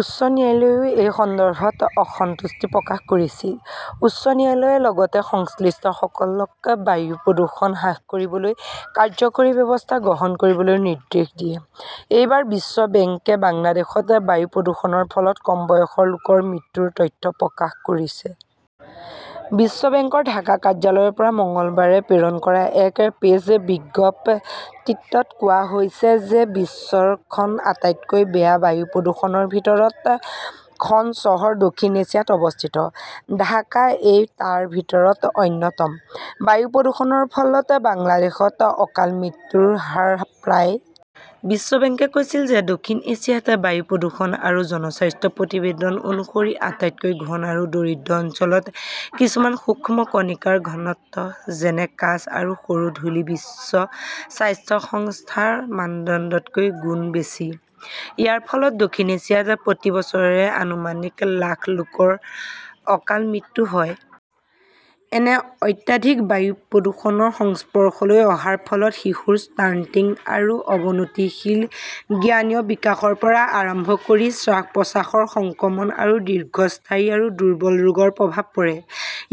উচ্চ ন্যায়ালয়েও এই সন্দৰ্ভত "অসন্তুষ্টি" প্ৰকাশ কৰিছিল। উচ্চ ন্যায়ালয়ে লগতে সংশ্লিষ্টসকলক বায়ু প্ৰদূষণ হ্ৰাস কৰিবলৈ কাৰ্যকৰী ব্যৱস্থা গ্ৰহণ কৰিবলৈ নিৰ্দেশ দিয়ে। এইবাৰ বিশ্ব বেংকে বাংলাদেশত বায়ু প্ৰদূষণৰ ফলত কম বয়সৰ লোকৰ মৃত্যুৰ তথ্য প্ৰকাশ কৰিছে। বিশ্ব বেংকৰ ঢাকা কাৰ্যালয়ৰ পৰা মঙলবাৰে প্ৰেৰণ কৰা এক প্ৰেছ বিজ্ঞপ্তিত কোৱা হৈছে যে বিশ্বৰ খন আটাইতকৈ বেয়া বায়ু প্ৰদূষণৰ ভিতৰত খন চহৰ দক্ষিণ এছিয়াত অৱস্থিত। ঢাকা এই টাৰ ভিতৰত অন্যতম। বায়ু প্ৰদূষণৰ ফলত বাংলাদেশত অকাল মৃত্যুৰ হাৰ প্ৰায়। বিশ্ব বেংকে কৈছিল যে দক্ষিণ এছিয়াত বায়ু প্ৰদূষণ আৰু জনস্বাস্থ্য প্ৰতিবেদন অনুসৰি আটাইতকৈ ঘন আৰু দৰিদ্ৰ অঞ্চলত কিছুমান সূক্ষ্ম কণিকাৰ ঘনত্ব, যেনে কাঁচ আৰু সৰু ধূলি বিশ্ব স্বাস্থ্য সংস্থাৰ মানদণ্ডতকৈ গুণ বেছি। ইয়াৰ ফলত দক্ষিণ এছিয়াত প্ৰতি বছৰে আনুমানিক লাখ লোকৰ অকাল মৃত্যু হয়। এনে অত্যাধিক বায়ু প্ৰদূষণৰ সংস্পৰ্শলৈ অহাৰ ফলত শিশুৰ ষ্টাণ্টিং আৰু অৱনতিশীল জ্ঞানীয় বিকাশৰ পৰা আৰম্ভ কৰি শ্বাস-প্ৰশ্বাসৰ সংক্ৰমণ আৰু দীৰ্ঘস্থায়ী আৰু দুৰ্বল ৰোগৰ প্ৰভাৱ পৰে।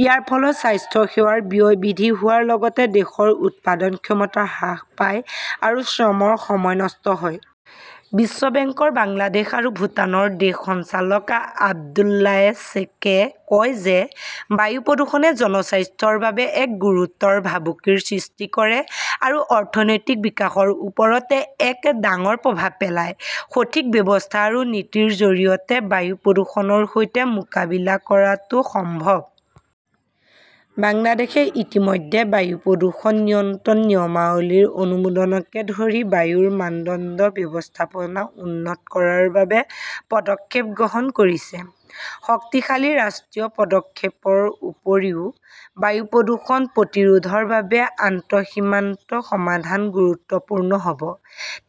ইয়াৰ ফলত স্বাস্থ্যসেৱাৰ ব্যয় বৃদ্ধি হোৱাৰ লগতে দেশৰ উৎপাদন ক্ষমতা হ্ৰাস পায় আৰু শ্ৰমৰ সময় নষ্ট হয়। বিশ্ব বেংকৰ বাংলাদেশ আৰু ভূটানৰ দেশ সঞ্চালক আব্দুল্লায়ে ছেকে কয় যে বায়ু প্ৰদূষণে জনস্বাস্থ্যৰ বাবে এক গুৰুতৰ ভাবুকিৰ সৃষ্টি কৰে আৰু অৰ্থনৈতিক বিকাশৰ ওপৰত এক ডাঙৰ প্ৰভাৱ পেলায়। সঠিক ব্যৱস্থা আৰু নীতিৰ জৰিয়তে বায়ু প্ৰদূষণৰ সৈতে মোকাবিলা কৰাটো সম্ভৱ। বাংলাদেশ ইতিমধ্যে বায়ু প্ৰদূষণ নিয়ন্ত্ৰণ নিয়মাৱলীৰ অনুমোদনকে ধৰি বায়ুৰ মানদণ্ড ব্যৱস্থাপনা উন্নত কৰাৰ বাবে পদক্ষেপ গ্ৰহণ কৰিছে। শক্তিশালী ৰাষ্ট্ৰীয় পদক্ষেপৰ উপৰিও, বায়ু প্ৰদূষণ প্ৰতিৰোধৰ বাবে আন্তঃসীমান্ত সমাধান গুৰুত্বপূৰ্ণ হ "ব।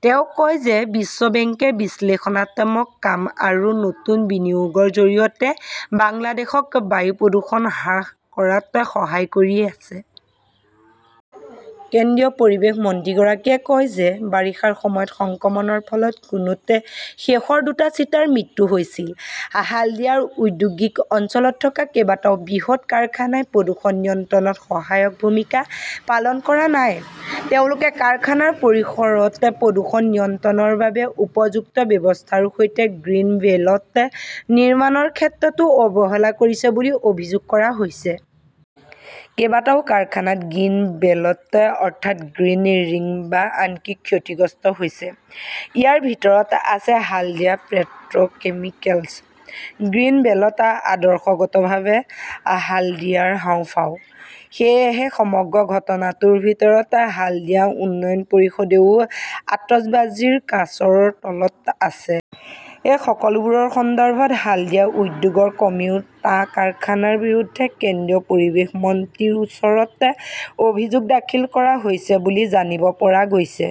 তেওঁ কয় যে বিশ্ব বেংকে বিশ্লেষণাত্মক কাম আৰু নতুন বিনিয়োগৰ জৰিয়তে বাংলাদেশক বায়ু প্ৰদূষণ হ্ৰাস কৰাত সহায় কৰি আছে। কেন্দ্ৰীয় পৰিৱেশ মন্ত্ৰীগৰাকীয়ে কয় যে বাৰিষাৰ সময়ত সংক্ৰমণৰ ফলত কুনুত শেষৰ দুটা চিতাৰ মৃত্যু হৈছিল। হালদিয়াৰ ঔদ্যোগিক অঞ্চলত থকা কেইবাটাও বৃহৎ কাৰখানাই প্ৰদূষণ নিয়ন্ত্ৰণত সহায়ক ভূমিকা পালন কৰা নাই। তেওঁলোকে কাৰখানাৰ পৰিসৰত প্ৰদূষণ নিয়ন্ত্ৰণৰ বাবে উপযুক্ত ব্যৱস্থাৰ সৈতে গ্ৰীণ বেল্ট নিৰ্মাণৰ ক্ষেত্ৰতো অৱহেলা কৰিছে বুলি অভিযোগ কৰা হৈছে। কেইবাটাও কাৰখানাত গ্ৰীণ বেল্ট অৰ্থাৎ গ্ৰীণ ৰিং বা আনকি ক্ষতিগ্ৰস্ত হৈছে। ইয়াৰ ভিতৰত আছে Haldia "petrochemicals. Green belt আদৰ্শগতভাৱে হাল্ডিয়াৰ হাঁওফাঁও। সেয়েহে সমগ্ৰ ঘটনাটোৰ ভিতৰত হালদিয়া উন্নয়ন পৰিষদেও আতচবাজীৰ কাচৰ তলত আছে। এই সকলোবোৰৰ সন্দৰ্ভত হালদিয়া উদ্যোগৰ কমেও টা কাৰখানাৰ বিৰুদ্ধে কেন্দ্ৰীয় পৰিৱেশ মন্ত্ৰীৰ ওচৰত অভিযোগ দাখিল কৰা হৈছে বুলি জানিব পৰা গৈছে।